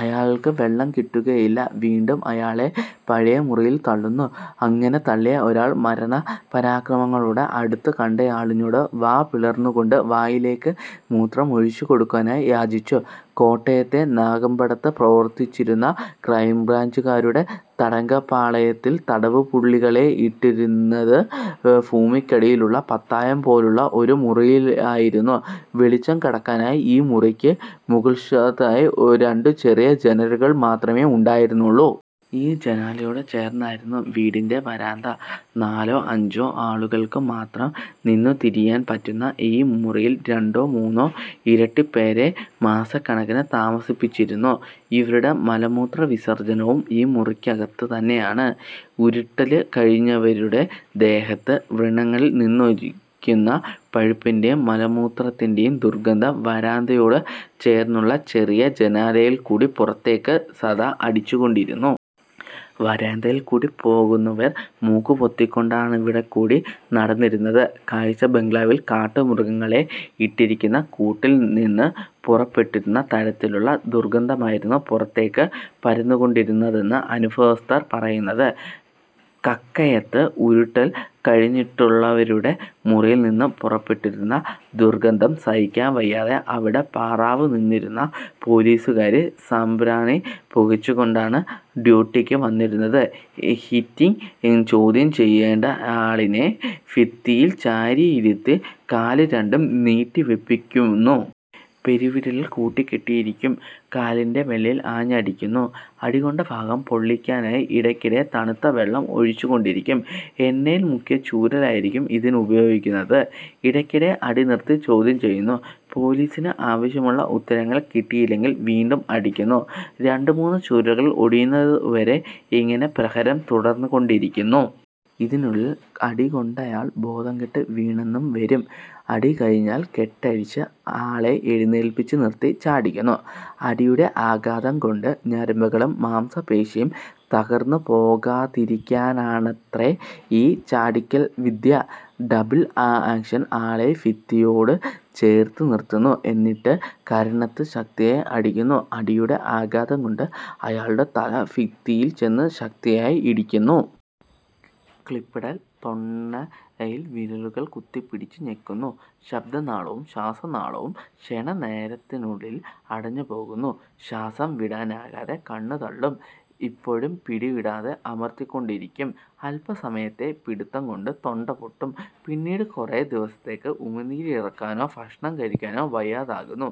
അയാള്ക്ക് വെള്ളം കിട്ടുകയില്ല. വീണ്ടും അയാളെ പഴയ മുറിയില് തള്ളുന്നു. അങ്ങനെ തള്ളിയ ഒരാള് മരണപരാക്രമങ്ങളോടെ അടുത്തു കണ്ടയാളിനോട് വാപിളര്ന്നുകൊണ്ട് വായിലേക്ക് മൂത്രം ഒഴിച്ചുകൊടുക്കാനായി യാചിച്ചു. കോട്ടയത്തെ നാഗമ്പടത്ത് പ്രവര്ത്തിച്ചിരുന്ന ക്രൈംബ്രാഞ്ചുകാരുടെ തടങ്കല്പ്പാളയത്തില് തടവുപുള്ളികളെ ഇട്ടിരുന്നത് ഭൂമിക്കടിയിലുള്ള പത്തായംപോലെയുള്ള ഒരു മുറിയിലായിരുന്നു. വെളിച്ചം കടക്കാനായി ഈ മുറിക്ക് മുകള്വശത്തായി രണ്ടു ചെറിയ ജനാലകള് മാത്രമേ ഉണ്ടായിരുന്നുള്ളൂ. ഈ ജനാലയോടു ചേര്ന്നായിരുന്നു വീടിന്റെ വരാന്ത. നാലോ അഞ്ചോ ആളുകള്ക്ക് മാത്രം നിന്നു തിരിയാന് പറ്റുന്ന ഈ മുറിയില് രണ്ടോ മൂന്നോ ഇരട്ടിപ്പേരെ മാസക്കണക്കിന് താമസിപ്പിച്ചിരുന്നു. ഇവരുടെ മലമൂത്രവിസര്ജനവും ഈ മുറിക്കകത്ത് തന്നെയാണ്. ഉരുട്ടല് കഴിഞ്ഞവരുടെ ദേഹത്ത് വ്രണങ്ങളില് നിന്നൊലിക്കുന്ന പഴുപ്പിന്റെയും, മലമൂത്രത്തിന്റെയും ദുര്ഗന്ധം വരാന്തയോട് ചേര്ന്നുള്ള ചെറിയ ജനാലയിൽക്കൂടി പുറത്തേക്ക് സദാ അടിച്ചുകൊണ്ടിരുന്നു. വരാന്തയില്ക്കൂടി പോകുന്നവര് മൂക്കുപൊത്തിക്കൊണ്ടാണിവിടെക്കൂടി നടന്നിരുന്നത്. കാഴ്ചബംഗ്ലാവില് കാട്ടുമൃഗങ്ങളെ ഇട്ടിരിക്കുന്ന കൂട്ടില്നിന്ന് പുറപ്പെട്ടിരുന്ന തരത്തിലുള്ള ദുര്ഗന്ധമായിരുന്നു പുറത്തേക്ക് പരന്നുകൊണ്ടിരുന്നതെന്ന് അനുഭവസ്ഥര് പറയുന്നത്. കക്കയത്ത് ഉരുട്ടല് കഴിഞ്ഞിട്ടുള്ളവരുടെ മുറിയില്നിന്ന് പുറപ്പെട്ടിരുന്ന ദുര്ഗന്ധം സഹിക്കാൻവയ്യാതെ, അവിടെ പാറാവ് നിന്നിരുന്ന പോലീസുകാര് സാമ്പ്രാണി പുകച്ചുകൊണ്ടാണ് ഡ്യൂട്ടിക്ക് വന്നിരുന്നത്.. ഹീറ്റിങ് ചോദ്യം ചെയ്യേണ്ടയാളിനെ ഭിത്തിയില് ചാരിയിരുത്തി കാല് രണ്ടും നീട്ടിവെപ്പിക്കുന്നു. പെരുവിരലുകള് കൂട്ടിക്കെട്ടിയിരിക്കും. കാലിന്റെ വെള്ളയില് ആഞ്ഞടിക്കുന്നു. അടി കൊണ്ട ഭാഗം പൊള്ളിയ്ക്കാനായി ഇടയ്ക്കിടെ തണുത്ത വെള്ളം ഒഴിച്ചുകൊണ്ടിരിക്കും. എണ്ണയില് മുക്കിയ ചൂരലായിരിക്കും ഇതിനുപയോഗിക്കുന്നത്. ഇടയ്ക്കിടെ അടി നിര്ത്തി ചോദ്യം ചെയ്യുന്നു. പോലീസിന് ആവശ്യമുള്ള ഉത്തരങ്ങള് കിട്ടിയില്ലെങ്കില് വീണ്ടും അടിക്കുന്നു. രണ്ടുമൂന്നു ചൂരലുകള് ഒടിയുന്നതുവരെ ഇങ്ങനെ പ്രഹരം തുടര്ന്നുകൊണ്ടിരിക്കുന്നു. ഇതിനുള്ളില് അടികൊണ്ടയാള് ബോധംകെട്ടു വീണെന്നും വരും. അടി കഴിഞ്ഞാല് കെട്ടഴിച്ച് ആളെ എഴുന്നേല്പിച്ച് നിര്ത്തി ചാടിക്കുന്നു. അടിയുടെ ആഘാതംകൊണ്ട്, ഞരമ്പുകളും മാംസപേശിയും തകര്ന്നുപോകാതിരിക്കാനാണത്രേ ഈ ചാടിക്കല് വിദ്യ.. ഡബിള് ആക്ഷന് ആളെ ഭിത്തിയോടു ചേര്ത്തു നിര്ത്തുന്നു. എന്നിട്ട് കരണത്ത് ശക്തിയായി അടിക്കുന്നു. അടിയുടെ ആഘാതംകൊണ്ട് അയാളുടെ തല ഭിത്തിയില് ചെന്ന് ശക്തിയായി ഇടിക്കുന്നു.. ക്ലിപ്പിടല് തൊണ്ണയില് വിരലുകള് കുത്തിപ്പിടിച്ച് ഞെക്കുന്നു. ശബ്ദനാളവും ശ്വാസനാളവും ക്ഷണനേരത്തിനുള്ളില് അടഞ്ഞുപോകുന്നു. ശ്വാസം വിടാനാകാതെ കണ്ണ് തള്ളും. ഇപ്പോഴും പിടിവിടാതെ അമര്ത്തിക്കൊണ്ടിരിക്കും. അല്പസമയത്തെ പിടുത്തംകൊണ്ട് തൊണ്ട പൊട്ടും. പിന്നീട് കുറെ ദിവസത്തേക്ക് ഉമിനീരിറക്കാനോ ഭക്ഷണം കഴിക്കാനോ വയ്യാതാകുന്നു..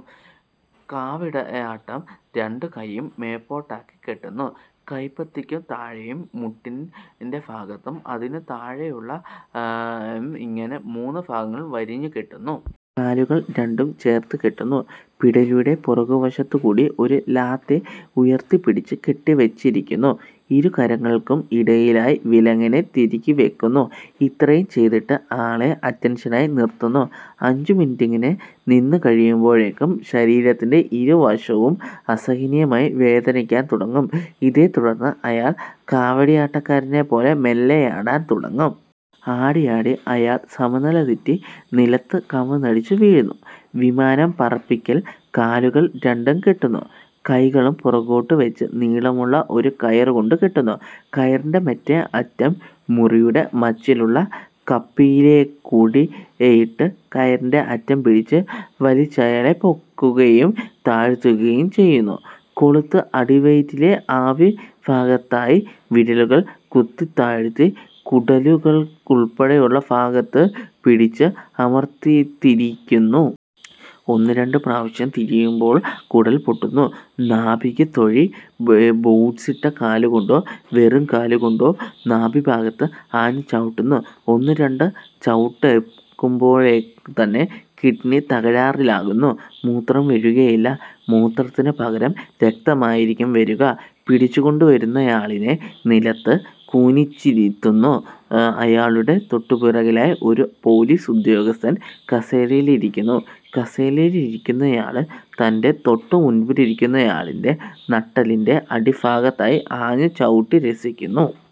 കാവടിയാട്ടം രണ്ടു കൈയും മേല്പോട്ടാക്കി കെട്ടുന്നു. കൈപ്പത്തിക്കു താഴേയും മുട്ടിന്റെ ഭാഗത്തും, അതിനു താഴേയുള്ള ഇങ്ങനെ മൂന്നു ഭാഗങ്ങളില് വരിഞ്ഞുകെട്ടുന്നു. കാലുകള് രണ്ടും ചേര്ത്തു കെട്ടുന്നു. പിടലിയുടെ പുറകുവശത്തുകൂടി ഒരു ലാത്തി ഉയര്ത്തിപ്പിടിച്ച് കെട്ടിവെച്ചിരിക്കുന്നു ഇരു കരങ്ങള്ക്കും ഇടയിലായി വിലങ്ങനെ തിരുകിവെക്കുന്നു. ഇത്രയും ചെയ്തിട്ട് ആളെ അറ്റന്ഷനായി നിര്ത്തുന്നു. അഞ്ചു മിനിട്ടങ്ങനെ നിന്നുകഴിയുമ്പോഴേക്കും ശരീരത്തിന്റെ ഇരുവശവും അസഹനീയമായി വേദനിക്കാന് തുടങ്ങും. ഇതേത്തുടര്ന്ന് അയാള് കാവടിയാട്ടക്കാരനെപ്പോലെ മെല്ലെയാടാന് തുടങ്ങും. ആടിയാടി അയാള് സമനിലതെറ്റി നിലത്ത് കമഴ്ന്നടിച്ച് വീഴുന്നു.. വിമാനം പറപ്പിക്കല് കാലുകള് രണ്ടും കെട്ടുന്നു. കൈകളും പുറകോട്ട് വെച്ച് നീളമുള്ള ഒരു കയര്കൊണ്ട് കെട്ടുന്നു. കയറിന്റെ മറ്റേ അറ്റം, മുറിയുടെ മച്ചിലുള്ള കപ്പിയില്ക്കൂടെയിട്ട് കയറിന്റെ അറ്റം പിടിച്ച് വലിച്ചയാളെ പൊക്കുകയും താഴ്ത്തുകയും ചെയ്യുന്നു.. കൊളുത്ത് അടിവയറ്റില് ആഭിഭാഗത്തായി വിരലുകള് കുത്തിത്താഴ്ത്തി കുടലുകളുള്പ്പെടെയുള്ള ഭാഗത്ത് പിടിച്ച് അമര്ത്തിത്തിരിക്കുന്നു. ഒന്നുരണ്ടു പ്രാവശ്യം തിരിയുമ്പോള് കുടല് പൊട്ടുന്നു.. നാഭിക്ക് തൊഴി ബൂട്സിട്ട കാലുകൊണ്ടോ വെറും കാലുകൊണ്ടോ നാഭിഭാഗത്ത് ആഞ്ഞു ചവിട്ടുന്നു. ഒന്നുരണ്ടു ചവിട്ടേല്ക്കുമ്പോള്ത്തന്നെ കിഡ്നി തകരാറിലാകും. മൂത്രം വരുകയില്ല. മൂത്രത്തിനു പകരം രക്തമായിരിക്കും വരുക. പിടിച്ചുകൊണ്ടുവരുന്നയാളിനെ നിലത്ത് കുനിച്ചിരുത്തുന്നു. അയാളുടെ തൊട്ടുപുറകിലായി ഒരു പോലീസുദ്യോഗസ്ഥന് കസേരയിലിരിക്കുന്നു. കസേരയിലിരിക്കുന്നയാള് തന്റെ തൊട്ടുമുന്പിലിരിക്കുന്നയാളിന്റെ നട്ടെല്ലിന്റെ അടിഭാഗത്തായി ആഞ്ഞുചവിട്ടി രസിക്കുന്നു..